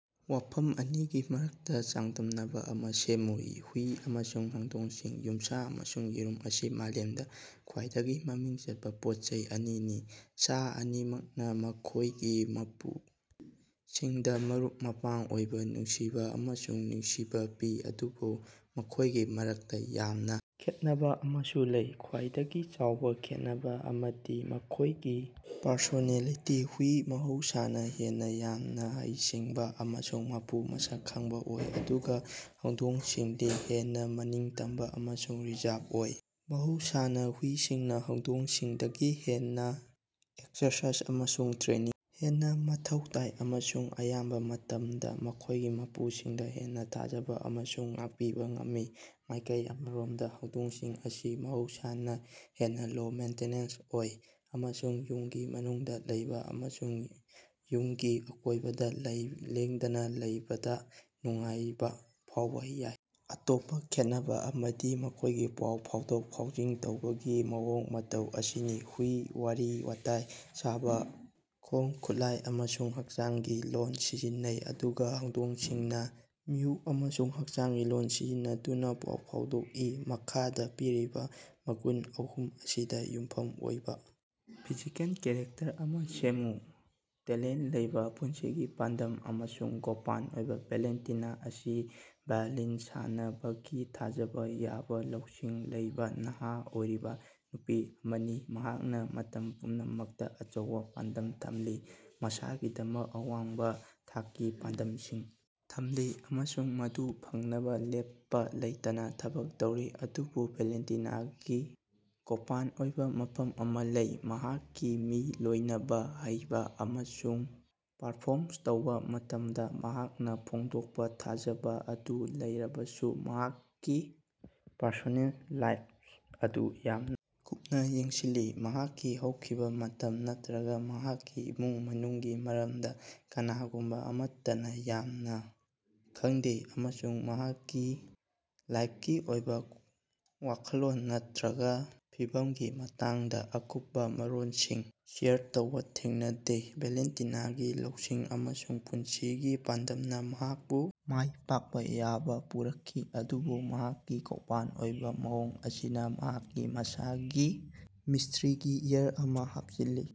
ꯋꯥꯐꯝ ꯑꯅꯤꯒꯤ ꯃꯔꯛꯇ ꯆꯥꯡꯗꯝꯅꯕ ꯑꯃꯥ ꯁꯦꯝꯃꯨ꯫ ꯍꯨꯏ ꯑꯃꯁꯨꯡ ꯍꯧꯗꯣꯡꯁꯤꯡ꯫ ꯌꯨꯝꯁꯥ ꯑꯃꯁꯨꯡ ꯌꯦꯔꯨꯝ ꯑꯁꯤ ꯃꯥꯂꯦꯝꯗ ꯈ꯭ꯋꯥꯏꯗꯒꯤ ꯃꯃꯤꯡ ꯆꯠꯄ ꯄꯣꯠꯆꯩ ꯑꯅꯤꯅꯤ꯫ ꯁꯥ ꯑꯅꯤꯃꯛꯅ ꯃꯈꯣꯢꯒꯤ ꯃꯄꯨꯁꯤꯡꯗ ꯃꯔꯨꯞ-ꯃꯄꯥꯡ ꯑꯣꯏꯕꯥ ꯅꯨꯡꯁꯤꯕꯥ ꯑꯃꯁꯨꯡ ꯅꯨꯡꯁꯤꯕꯥ ꯄꯤ ꯑꯗꯨꯕꯨ ꯃꯈꯣꯢꯒꯤ ꯃꯔꯛꯇ ꯌꯥꯝꯅ ꯈꯦꯠꯅꯕ ꯑꯃꯁꯨ ꯂꯩ꯫ ꯈ꯭ꯋꯥꯏꯗꯒꯤ ꯆꯥꯎꯕ ꯈꯦꯠꯅꯕ ꯑꯃꯗꯤ ꯃꯈꯣꯢꯒꯤ ꯄꯔꯁꯣꯅꯦꯂꯤꯇꯤꯁꯤꯡꯅꯤ: ꯍꯨꯏ ꯃꯍꯧꯁꯥꯅ ꯍꯦꯟꯅ ꯌꯥꯝꯅ ꯍꯩꯁꯤꯡꯕ ꯑꯃꯁꯨꯡ ꯃꯄꯨ ꯃꯁꯛ ꯈꯪꯕ ꯑꯣꯏ ꯑꯗꯨꯒ ꯍꯧꯗꯣꯡꯁꯤꯡꯗꯤ ꯍꯦꯟꯅ ꯃꯅꯤꯡꯇꯝꯕ ꯑꯃꯁꯨꯡ ꯔꯤꯖꯔꯚꯔ ꯑꯣꯏ꯫ ꯃꯍꯧꯁꯥꯅꯥ ꯍꯨꯏꯁꯤꯡꯅ ꯍꯧꯗꯣꯡꯁꯤꯡꯗꯒꯤ ꯍꯦꯟꯅ ꯑꯦꯛꯁꯔꯁꯥꯏꯖ ꯑꯃꯁꯨꯡ ꯇ꯭ꯔꯦꯅꯤꯡ ꯍꯦꯟꯅ ꯃꯊꯧ ꯇꯥꯏ ꯑꯃꯁꯨꯡ ꯑꯌꯥꯝꯕ ꯃꯇꯝꯗ ꯃꯈꯣꯢꯒꯤ ꯃꯄꯨꯁꯤꯡꯗ ꯍꯦꯟꯅꯥ ꯊꯥꯖꯕ ꯑꯃꯁꯨꯡ ꯉꯥꯛꯄꯤꯕ ꯉꯝꯃꯤ꯫ ꯃꯥꯢꯀꯩ ꯑꯃꯔꯣꯝꯗ ꯍꯧꯗꯣꯡꯁꯤꯡ ꯑꯁꯤ ꯃꯍꯧꯁꯥꯅ ꯍꯦꯟꯅꯥ ꯂꯣ-ꯃꯦꯟꯇꯤꯅꯦꯟꯁ ꯑꯣꯏ ꯑꯃꯁꯨꯡ ꯌꯨꯝꯒꯤ ꯃꯅꯨꯡꯗ ꯂꯩꯕ ꯑꯃꯁꯨꯡ ꯌꯨꯝꯒꯤ ꯑꯀꯣꯢꯕꯗ ꯂꯦꯡꯗꯅ ꯂꯩꯕꯗ ꯅꯨꯡꯉꯥꯏꯕꯥ ꯐꯥꯎꯕ ꯌꯥꯏ꯫ ꯑꯇꯣꯞꯄꯥ ꯈꯦꯠꯅꯕ ꯑꯃꯗꯤ ꯃꯈꯣꯢꯒꯤ ꯄꯥꯎ ꯐꯥꯎꯗꯣꯛ-ꯐꯥꯎꯖꯤꯟ ꯇꯧꯕꯒꯤ ꯃꯑꯣꯡ-ꯃꯇꯧ ꯑꯁꯤꯅꯤ: ꯍꯨꯏ ꯋꯥꯔꯤ-ꯋꯥꯇꯥꯏ ꯁꯥꯕ ꯈꯣꯡ-ꯈꯨꯠꯂꯥꯏ ꯑꯃꯁꯨꯡ ꯍꯛꯆꯥꯡꯒꯤ ꯂꯣꯜ ꯁꯤꯖꯤꯟꯅꯩ ꯑꯗꯨꯒ ꯍꯧꯗꯣꯡꯁꯤꯡꯅ ꯃꯤꯎ ꯑꯃꯁꯨꯡ ꯍꯛꯆꯥꯡꯒꯤ ꯂꯣꯜ ꯁꯤꯖꯤꯟꯅꯗꯨꯅ ꯄꯥꯎ ꯐꯥꯎꯗꯣꯛꯏ꯫ ꯃꯈꯥꯗꯥ ꯄꯤꯔꯤꯕꯥ ꯃꯒꯨꯟ ꯑꯍꯨꯝ ꯑꯁꯤꯗꯥ ꯌꯨꯝꯐꯝ ꯑꯣꯏꯕꯥ ꯐꯤꯖꯤꯀꯦꯜ ꯀꯦꯔꯦꯛꯇꯔ ꯑꯃꯥ ꯁꯦꯝꯃꯨ꯫ ꯇꯦꯂꯦꯟꯇ ꯂꯩꯕꯥ, ꯄꯨꯟꯁꯤꯒꯤ ꯄꯥꯟꯗꯝ ꯑꯃꯁꯨꯡ ꯒꯣꯄꯟ ꯑꯣꯏꯕꯥ꯫ ꯚꯦꯂꯦꯟꯇꯤꯅ ꯑꯁꯤ ꯋꯥꯏꯂꯤꯟ ꯁꯥꯟꯅꯕꯒꯤ ꯊꯥꯖꯕ ꯌꯥꯕ ꯂꯧꯁꯤꯡ ꯂꯩꯕꯥ ꯅꯍ ꯑꯣꯏꯔꯤꯕꯥ ꯅꯨꯄꯤ ꯑꯃꯅꯤ꯫ ꯃꯍꯥꯛꯅ ꯃꯇꯝ ꯄꯨꯝꯅꯃꯛꯇ ꯑꯆꯧꯕꯥ ꯄꯥꯟꯗꯝ ꯊꯝꯂꯤ ꯃꯁꯥꯒꯤꯗꯃꯛ ꯑꯋꯥꯡꯕꯥ ꯊꯥꯛꯀꯤ ꯄꯥꯟꯗꯝꯁꯤꯡ ꯊꯝꯂꯤ ꯑꯃꯁꯨꯡ ꯃꯗꯨ ꯐꯪꯅꯕꯥ ꯂꯦꯞꯄꯥ ꯂꯩꯇꯅꯥ ꯊꯕꯛ ꯇꯧꯔꯤ꯫ ꯑꯗꯨꯕꯨ ꯚꯦꯂꯦꯟꯇꯤꯅꯥꯒꯤ ꯒꯣꯄꯟ ꯑꯣꯏꯕꯥ ꯃꯐꯝ ꯑꯃꯥ ꯂꯩ꯫ ꯃꯍꯥꯛꯀꯤ ꯃꯤ ꯂꯣꯏꯅꯕ ꯍꯩꯕ ꯑꯃꯁꯨꯡ ꯄꯔꯐꯣꯔꯝ ꯇꯧꯕꯥ ꯃꯇꯝꯗ ꯃꯍꯥꯛꯅ ꯐꯣꯡꯗꯣꯛꯄ ꯊꯥꯖꯕ ꯑꯗꯨ ꯂꯩꯔꯕꯁꯨ ꯃꯍꯥꯛꯀꯤ ꯄꯔꯁꯣꯅꯦꯜ ꯂꯥꯏꯐ ꯑꯗꯨ ꯌꯥꯝꯅꯥ ꯀꯨꯞꯅꯥ ꯌꯦꯡꯁꯤꯜꯂꯤ꯫ ꯃꯍꯥꯛꯀꯤ ꯍꯧꯈꯤꯕꯥ ꯃꯇꯝ ꯅꯠꯇ꯭ꯔꯒꯥ ꯃꯍꯥꯛꯀꯤ ꯏꯃꯨꯡ ꯃꯅꯨꯡꯒꯤ ꯃꯔꯝꯗ ꯀꯅꯥꯒꯨꯝꯕ ꯑꯃꯠꯇꯅ ꯌꯥꯝꯅꯥ ꯈꯡꯗꯦ ꯑꯃꯁꯨꯡ ꯃꯍꯥꯛꯀꯤ ꯂꯅꯥꯏꯒꯤ ꯑꯣꯏꯕꯥ ꯋꯥꯈꯜꯂꯣꯟ ꯅꯠꯇ꯭ꯔꯒꯥ ꯐꯤꯚꯝꯒꯤ ꯃꯇꯥꯡꯗ ꯑꯀꯨꯞꯄꯥ ꯃꯔꯣꯜꯁꯤꯡ ꯁꯦꯌꯔ ꯇꯧꯕꯥ ꯊꯦꯡꯅꯗꯦ꯫ ꯚꯦꯂꯦꯟꯇꯤꯅꯥꯒꯤ ꯂꯧꯁꯤꯡ ꯑꯃꯁꯨꯡ ꯄꯨꯟꯁꯤꯒꯤ ꯄꯥꯟꯗꯝꯅ ꯃꯍꯥꯛꯄꯨ ꯃꯥꯢ ꯄꯥꯛꯄ ꯀꯌꯥ ꯄꯨꯔꯛꯈꯤ ꯑꯗꯨꯕꯨ ꯃꯍꯥꯛꯀꯤ ꯒꯣꯄꯟ ꯑꯣꯏꯕ ꯃꯑꯣꯡ ꯑꯁꯤꯅ ꯃꯍꯥꯛꯀꯤ ꯃꯁꯥꯒꯤ ꯃꯤꯁꯇ꯭ꯔꯤꯒꯤ ꯑꯦꯌꯔ ꯑꯃꯥ ꯍꯥꯞꯆꯤꯜꯂꯤ꯫